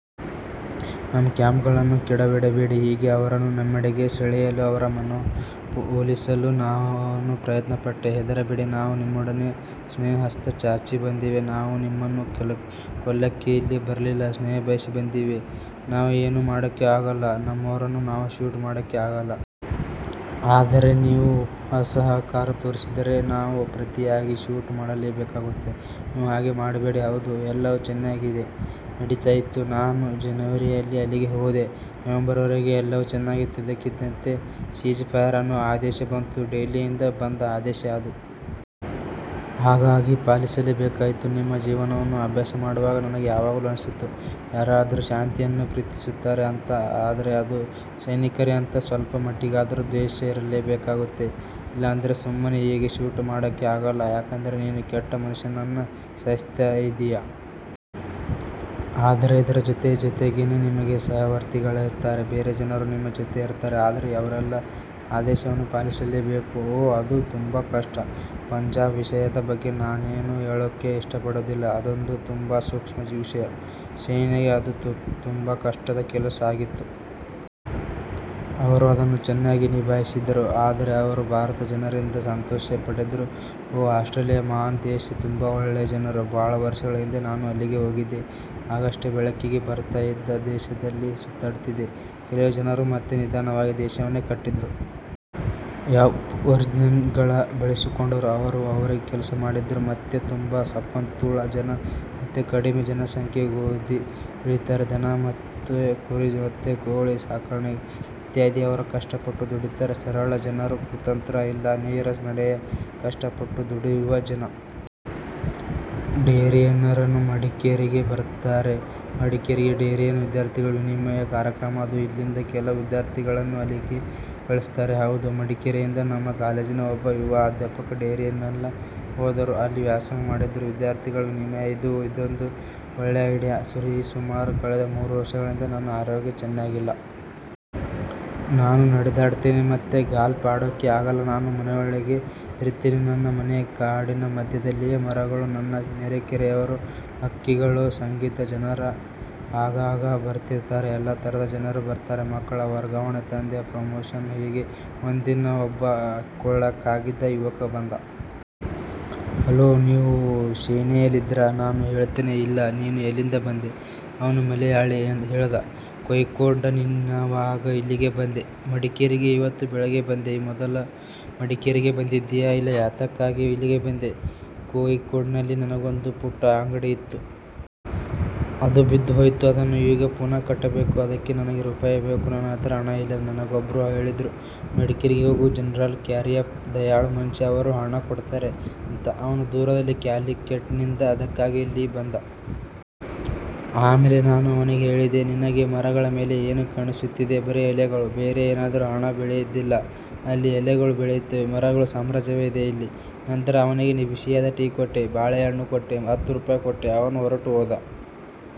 ನಮ್ಮ ಕ್ಯಾಂಪ್ಗಳನ್ನ ಕೆಡವಬೇಡಿ. ಹೀಗೆ ಅವರನ್ನ ನಮ್ಮೆಡೆಗೆ ಸೆಳೆಯಲು, ಅವರ ಮನವೊಲಿಸಲು ನಾನು ಪ್ರಯತ್ನ ಪಟ್ಟೆ. ಹೆದರಬೇಡಿ ನಾವು ನಿಮ್ಮೊಡನೆ ಸ್ನೇಹಹಸ್ತ ಚಾಚಿ ಬಂದಿದ್ದೇವೆ. ನಾವು ನಿಮ್ಮನ್ನು ಕೊಲ್ಲೋಕೆ ಇಲ್ಲಿ ಬರ್ಲಿಲ್ಲ. ಸ್ನೇಹ ಬಯಸಿ ಬಂದಿದ್ದೇವೆ. ನಾವು ಏನೂ ಮಾಡೋಕ್ಕೆ ಆಗೋಲ್ಲ. ನಮ್ಮವರನ್ನ ನಾವು ಶೂಟ್ ಮಾಡಕ್ಕೆ ಆಗಲ್ಲ. ಆದರೆ ನೀವು ಅಸಹಕಾರ ತೋರಿಸಿದರೆ ನಾವು ಪ್ರತಿಯಾಗಿ ಶೂಟ್ ಮಾಡಲೇಬೇಕಾಗುತ್ತೆ. ನೀವು ಹಾಗೆ ಮಾಡ್ಬೇಡಿ ಹೌದು. ಎಲ್ಲವೂ ಚೆನ್ನಾಗಿಯೇ ನಡೀತಾ ಇತ್ತು. ನಾನು ಜನವರಿಯಲ್ಲಿ ಅಲ್ಲಿಗೆ ಹೋದೆ. ನವೆಂಬರ್ವರೆಗೆ ಎಲ್ಲವೂ ಚೆನ್ನಾಗಿತ್ತು. ಇದ್ದಕ್ಕಿದ್ದಂತೆ "ಸೀಜ್ ಫಯರ್" ಅನ್ನೋ ಆದೇಶ ಬಂತು. ಡೆಲ್ಲಿಯಿಂದ ಬಂದ ಆದೇಶ ಅದು. ಹಾಗಾಗಿ ಪಾಲಿಸಲೇ ಬೇಕಾಯ್ತು. ನಿಮ್ಮ ಜೀವನವನ್ನ ಅಭ್ಯಾಸ ಮಾಡುವಾಗ ನನಗೆ ಯಾವಾಗಲೂ ಅನ್ಸುತ್ತೆ, ಯಾರಾದ್ರು ಶಾಂತಿಯನ್ನು ಪ್ರೀತಿಸ್ತಾರೆ ಅಂತ ಆದ್ರೆ ಅದು ಸೈನಿಕರೇ ಅಂತ. ಸ್ವಲ್ಪ ಮಟ್ಟಿಗಾದ್ರೂ ದ್ವೇಷ ಇರಲೇಬೇಕಾಗುತ್ತೆ. ಇಲ್ಲಾಂದ್ರೆ ಸುಮ್ಮನೆ ಹೀಗೆ ಶೂಟ್ ಮಾಡೋಕೆ ಆಗೋಲ್ಲ. ಯಾಕಂದ್ರೆ ನೀನು ಕೆಟ್ಟ ಮನುಷ್ಯನನ್ನ ಸಾಯಿಸ್ತ ಇದ್ದೀಯ. ಆದರೆ ಇದರ ಜೊತೆ ಜೊತೆಗೇನೆ ನಿಮಗೆ ಸಹವರ್ತಿಗಳಿರ್ತಾರೆ. ಬೇರೆ ಜನರು ನಿಮ್ಮ ಜೊತೆ ಇರ್ತಾರೆ. ಆದರೆ ಅವರೆಲ್ಲ ಆದೇಶವನ್ನು ಪಾಲಿಸಲೇಬೇಕು. ಓ, ಅದು ತುಂಬಾ ಕಷ್ಟ. ಪಂಜಾಬ್ ವಿಷಯದ ಬಗ್ಗೆ ನಾನೇನು ಹೇಳೋಕ್ಕೆ ಇಷ್ಟಪಡೋದಿಲ್ಲ. ಅದೊಂದು ತುಂಬಾ ಸೂಕ್ಷ್ಮ ವಿಷಯ. ಸೇನೆಗೆ ಅದು ತುಂಬಾ ಕಷ್ಟದ ಕೆಲಸ ಆಗಿತ್ತು. ಅವರು ಅದನ್ನ ಚೆನ್ನಾಗಿ ನಿಭಾಯಿಸಿದ್ರು. ಆದರೆ ಅವರು ಭಾರತದ ಜನರಿಂದ ಸಂತೋಷ ಪಡೆದ್ರು. ಓ, ಆಸ್ಟ್ರೇಲಿಯಾ ಮಹಾನ್ ದೇಶ. ತುಂಬಾ ಒಳ್ಳೆ ಜನರು. ಬಹಳ ವರ್ಷಗಳ ಹಿಂದೆ ನಾನು ಅಲ್ಲಿಗೆ ಹೋಗಿದ್ದೆ. ಆಗಷ್ಟೇ ಬೆಳಕಿಗೆ ಬರ್ತಾ ಇದ್ದ ದೇಶದಲ್ಲಿ ಸುತ್ತಾಡಿದೆ. ಕೆಲವೇ ಜನರು ಮತ್ತೆ ನಿಧಾನವಾಗಿ ದೇಶವನ್ನೆ ಕಟ್ಟಿದ್ರು. ಎಬ್ಓರಿಜಿನ್ಸ್ಗಳನ್ನ ಬಳಸಿಕೊಂಡರು. ಅವರು ಅವರಿಗೆ ಕೆಲಸ ಮಾಡಿದ್ರು. ಮತ್ತೆ ತುಂಬಾ ಸಂಪತ್ತುಳ್ಳ ಜನ. ಮತ್ತೆ ಕಡಿಮೆ ಜನಸಂಖ್ಯೆ. ಗೋಧಿ ಬೆಳಿತಾರೆ. ದನ ಮತ್ತೆ ಕುರಿ ಮತ್ತೆ ಕೋಳಿ ಸಾಕಣೆ ಇತ್ಯಾದಿ. ಅವರು ಕಷ್ಟ ಪಟ್ಟು ದುಡೀತಾರೆ. ಸರಳ ಜನರು. ಕುತಂತ್ರ ಇಲ್ಲ. ನೇರ ನಡೆಯ ಕಷ್ಟ ಪಟ್ಟು ದುಡಿವ ಜನ. ಡೇರಿಯನ್ನರು ಮಡಿಕೇರಿಗೆ ಬರ್ತಾರೆ. ಮಡಿಕೇರಿ ಡೇರಿಯನ್ ವಿದ್ಯಾರ್ಥಿಗಳ ವಿನಿಮಯ ಕಾರ್ಯಕ್ರಮ ಅದು. ಇಲ್ಲಿಂದ ಕೆಲವು ವಿದ್ಯಾರ್ಥಿಗಳನ್ನ ಅಲ್ಲಿಗೆ ಕಳಿಸ್ತಾರೆ. ಹೌದು. ಮಡಿಕೇರಿಯಿಂದ ನಮ್ಮ ಕಾಲೇಜಿನ ಒಬ್ಬ ಯುವ ಅಧ್ಯಾಪಕ ಡೇರಿಯನ್ಗೆಲ್ಲ ಹೋದರು. ಅಲ್ಲಿ ವ್ಯಾಸಂಗ ಮಾಡಿದ್ರು. ವಿದ್ಯಾರ್ಥಿಗಳ ವಿನಿಮಯ ಇದು. ಇದೊಂದು ಒಳ್ಳೆ ಐಡಿಯಾ. ಸರಿಸುಮಾರು ಕಳೆದ ಮೂರು ವರ್ಷಗಳಿಂದ ನನ್ನ ಆರೋಗ್ಯ ಚೆನ್ನಾಗಿಲ್ಲ. ನಾನು ನಡೆದಾಡ್ತೇನೆ. ಮತ್ತೆ ಗಾಲ್ಫ್ ಆಡೋಕೆ ಆಗಲ್ಲ. ನಾನು ಮನೆಯೊಳಗೆ ಇರ್ತೀನೆ. ನನ್ನ ಮನೆ ಕಾಡಿನ ಮಧ್ಯದಲ್ಲಿದೆ. ಮರಗಳು, ನನ್ನ ನೆರೆಕೆರೆಯವರು, ಹಕ್ಕಿಗಳು, ಸಂಗೀತ. ಜನರು ಆಗಾಗ ಬರ್ತಿರ್ತಾರೆ. ಎಲ್ಲಾ ತರದ ಜನರು ಬರ್ತಾರೆ. ಮಕ್ಕಳ ವರ್ಗಾವಣೆ, ತಂದೆಯ ಪ್ರಮೋಶನ್ ಹೀಗೆ ಒಂದಿನ ಒಬ್ಬ ಕೊಳಕಾಗಿದ್ದ ಯುವಕ ಬಂದ. 'ಹಲೋ, ನೀವು ಸೇನೆಯಲ್ಲಿದ್ರಾ? ' ನಾನು ಹೇಳ್ತೇನೆ 'ಇಲ್ಲಾ' 'ನೀನು ಎಲ್ಲಿಂದ ಬಂದೆ? ' ಅವನು ಮಲೆಯಾಳಿ, ಹೇಳ್ದ 'ಕೋಝಿಕೋಡ್' 'ನೀನ್ಯಾವಾಗ ಇಲ್ಲಿಗೆ ಬಂದೆ? ' 'ಮಡಿಕೇರಿಗೆ ಇವತ್ತು ಬೆಳಿಗ್ಗೆ ಬಂದೆ' 'ಈ ಮೊದಲು ಮಡಿಕೇರಿಗೆ ಬಂದಿದಿಯಾ? ' 'ಇಲ್ಲ' 'ಯಾತಕ್ಕಾಗಿ ಇಲ್ಲಿಗೆ ಬಂದೆ? ' ಕೋಝಿಕೋಡ್ನಲ್ಲಿ ನನಗೊಂದು ಪುಟ್ಟ ಅಂಗಡಿಯಿತ್ತು. ಅದು ಬಿದ್ದು ಹೋಯಿತು. ಅದನ್ನ ಈಗ ಪುನಃ ಕಟ್ಟಬೇಕು. ಅದಕ್ಕೆ ನನಗೆ ರೂಪಾಯಿ ಬೇಕು. ನನ್ನ ಹತ್ರ ಹಣ ಇಲ್ಲ. ನನಗೊಬ್ರು ಹೇಳಿದ್ರು – ಮಡಿಕೇರಿಗೆ ಹೋಗು, ಜನರಲ್ ಕಾರಿಯಪ್ಪ ದಯಾಳು ಮನುಷ್ಯ. ಅವರು ಹಣ ಕೊಡ್ತಾರೆ' ಅಂತ. ಅವನು ದೂರದ ಕ್ಯಾಲಿಕಟ್ನಿಂದ ಅದಕ್ಕಾಗಿ ಇಲ್ಲಿ ಬಂದಿದ್ದ. ಆಮೇಲೆ ನಾನು ಅವನಿಗೆ ಹೇಳಿದೆ. ನಿನಗೆ ಮರಗಳ ಮೇಲೆ ಏನು ಕಾಣಿಸುತ್ತೆ? ಬರೀ ಎಲೆಗಳು. ಬೇರೆ ಏನಾದ್ರೂ? ಹಣ ಬೆಳೆಯೋದಿಲ್ಲ ಅಲ್ಲಿ. ಎಲೆಗಳು ಬೆಳೆಯುತ್ತೆ. ಮರಗಳ ಸಾಮ್ರಾಜ್ಯವೇ ಇದೆ ಇಲ್ಲಿ. ನಂತರ ಅವನಿಗೆ ಬಿಸಿಯಾದ ಟೀ ಕೊಟ್ಟೆ. ಬಾಳೆಹಣ್ಣು ಕೊಟ್ಟೆ, ಹತ್ತು ರೂಪಾಯಿ ಕೊಟ್ಟೆ. ಅವನು ಹೊರಟು ಹೋದ.